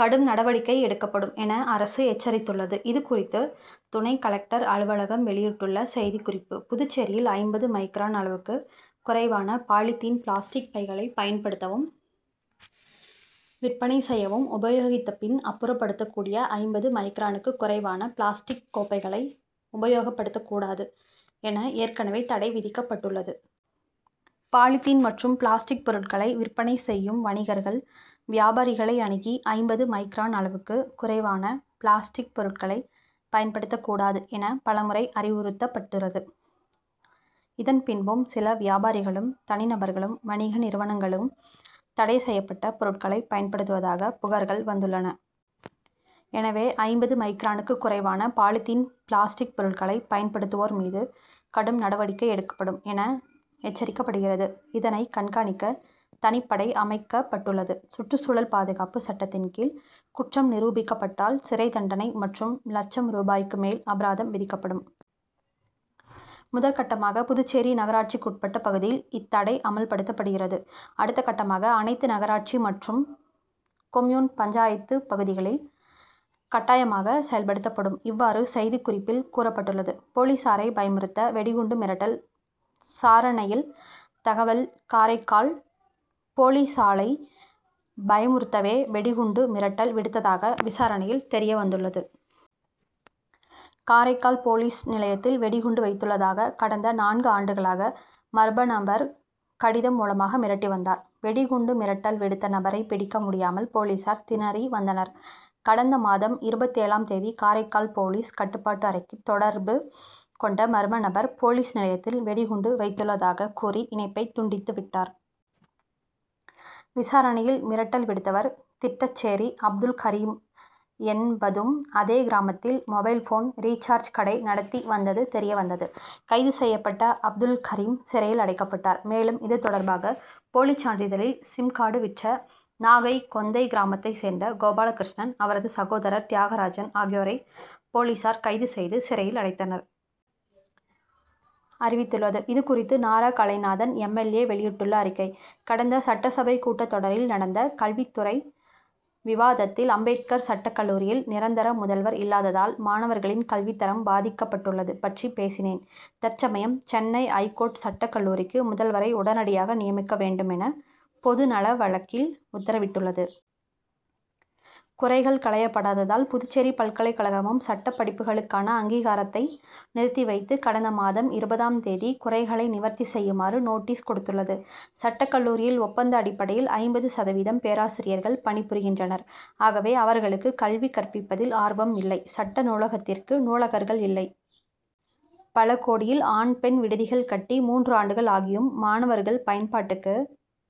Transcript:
கடும் நடவடிக்கை எடுக்கப்படும் என அரசு எச்சரித்துள்ளது. இது குறித்து துணை கலெக்டர் அலுவலகம் வெளியிட்டுள்ள செய்திக்குறிப்பு:புதுச்சேரியில் ஐம்பது மைக்ரான் அளவுக்கு குறைவான பாலிதீன் பிளாஸ்டிக் பைகளை பயன்படுத்தவும் விற்பனை செய்யவும் உபயோகித்த பின் அப்புறப்படுத்தக்கூடிய ஐம்பது மைக்ரானுக்கு குறைவான பிளாஸ்டிக் கோப்பைகளை உபயோகப் படுத்தக்கூடாது என ஏற்கனவே தடை விதிக்கப்பட்டுள்ளது. பாலிதீன் மற்றும் பிளாஸ்டிக் பொருட்களை விற்பனை செய்யும் வணிகர்கள் வியாபாரிகளை அணுகி ஐம்பது மைக்ரான் அளவுக்கு குறைவான பிளாஸ்டிக் பொருட்களை பயன்படுத்தக் கூடாது என பலமுறை அறிவுறுத்தப்பட் டுளது. இதன் பின்பும் சில வியாபாரிகளும் தனி நபர்களும் வணிக நிறுவனங்ககளும் தடை செய்யப்பட்ட பொருட்களை பயன்படுத்துவதாக புகார்கள் வந்துள்ளன. எனவே ஐம்பது மைக்ரானுக்கு குறைவான பாலிதீன் பிளாஸ்டிக் பொருட்களை பயன்படுத்துவோர் மீது கடும் நடவடிக்கை எடுக்கப்படும் என எச்சரிக்கப்படுகிறது. இதனை கண்காணிக்க தனிப்படை அமைக்கப்பட் டுள்ளது. சுற்றுச்சூழல் பாதுகாப்பு சட்டத்தின் கீழ் குற்றம் நிரூபிக்கப் பட்டால் சிறை தண்டனை மற்றும் லட்சம் ரூபாய்க்கு மேல் அபராதம் விதிக்கப்படும். முதற்கட்டமாக புதுச்சேரி நகராட்சிக்குட்பட்ட பகுதியில் இத் தடை அமல்படுத்தப்படுகிறது. அடுத்த கட்டமாக அனைத்து நகராட்சி மற்றும் கொம்யூன் பஞ்சாயத்து பகுதிகளில் கட்டாயமாக செயல்படுத்தப்படும். இவ்வாறு செய்திக்குறிப்பில் கூறப்பட்டுள்ளது. போலீசாரை பயமுறுத்த வெடிகுண்டு மிரட்டல் சாரணையில் தகவல் காரைக்கால்:போலீசாலை பயமுறுத்தவே வெடி குண்டு மிரட்டல் விடுத்ததாக விசாரணையில் தெரிய வந்துள்ளது. காரைக்கால் போலீஸ் நிலையத்தில் வெடிகுண்டு வைத்துள்ளதாக கடந்த நான்கு ஆண்டுகளாக மர்ப நபர் கடிதம் மூலமாக மிரட்டி வந்தார். வெடிகுண்டு மிரட்டல் விடுத்த நபரை பிடிக்க முடியாமல் போலீசார் திணறி வந்தனர். கடந்த மாதம் இருபத்தேழாம் தேதி காரைக்கால் போலீஸ் கட்டுப்பாட்டு அறைக்கு தொடர்பு கொண்ட மர்ம நபர் போலீஸ் நிலையத்தில் வெடிகுண்டு வைத்துள்ளதாக கூறி இணைப்பை துண்டித்து விட்டார். விசாரணையில் மிரட்டல் விடுத்தவர் திட்டச்சேரி அப்துல்கரீம் என் பதும் அதே கிராமத்தில் மொபைல் போன் ரீசாஜ் கடை நடத்தி வந்தது தெரியவந்தது. கைது செய்யப்பட்ட அப்துல்கரீம் சிறையில் அடைக்கப் பட்டார். மேலும் இது தொடர்பாக போலி சான்றிதழில் சிம் கார்டு விற்ற நாகை கொந்தை கிராமத்தை சேர்ந்த கோபாலகிருஷ்ணன் அவரது சகோதரர் தியாகராஜன் ஆகியோரை போலீசார் கைது செய்து சிறையில் அடைத்தனர். அறிவித்துள்ளது. இதுகுறித்து Nara Kalainathan M. L. A. வெளியிட்டுள்ள அறிக்கை:கடந்த சட்டசபை கூட்டத்தொடரில் நடந்த கல்வித்துறை விவாதத்தில் அம்பேத்கர் சட்டக் கல்லூரியில் நிரந்தர முதல்வர் இல்லாததால் மாணவர்களின் கல்வித்தரம் பாதிக் கப்பட்டுள்ளது பற்றி பேசினேன். தற்சமயம் சென்னை ஐகோர்ட் சட்டக் கல்லூரிக்கு முதல்வரை உடனடியாக நியமிக்க வேண்டுமென பொது நல வழக்கில் உத்தரவிட்டுள்ளது. குறைகள் களையப்படாததால் புதுச்சேரி பல்கலைக்கழகமும் சட்ட படிப்புகளுக்கான அங்கீகாரத்தை நிறுத்தி வைத்து கடந்த மாதம் இருபதாம் தேதி குறைகளை நிவர்த்தி செய்யுமாறு நோட்டீஸ் கொடுத்துள்ளது. சட்டக் கல்லூரியில் ஒப்பந்த அடிப்படையில் ஐம்பது சதவீதம் பேராசிரியர்கள் பணிபுரிகின்றனர். ஆகவே அவர்களுக்கு கல்வி கற்பிப்பதில் ஆர்வம் இல்லை. சட்ட நூலகத்திற்கு நூலகர்கள் இல்லை. பல கோடியில் ஆண் பெண் விடுதிகள் கட்டி மூன்று ஆண்டுகள் ஆகியும் மாணவர்கள் பயன்பாட்டுக்கு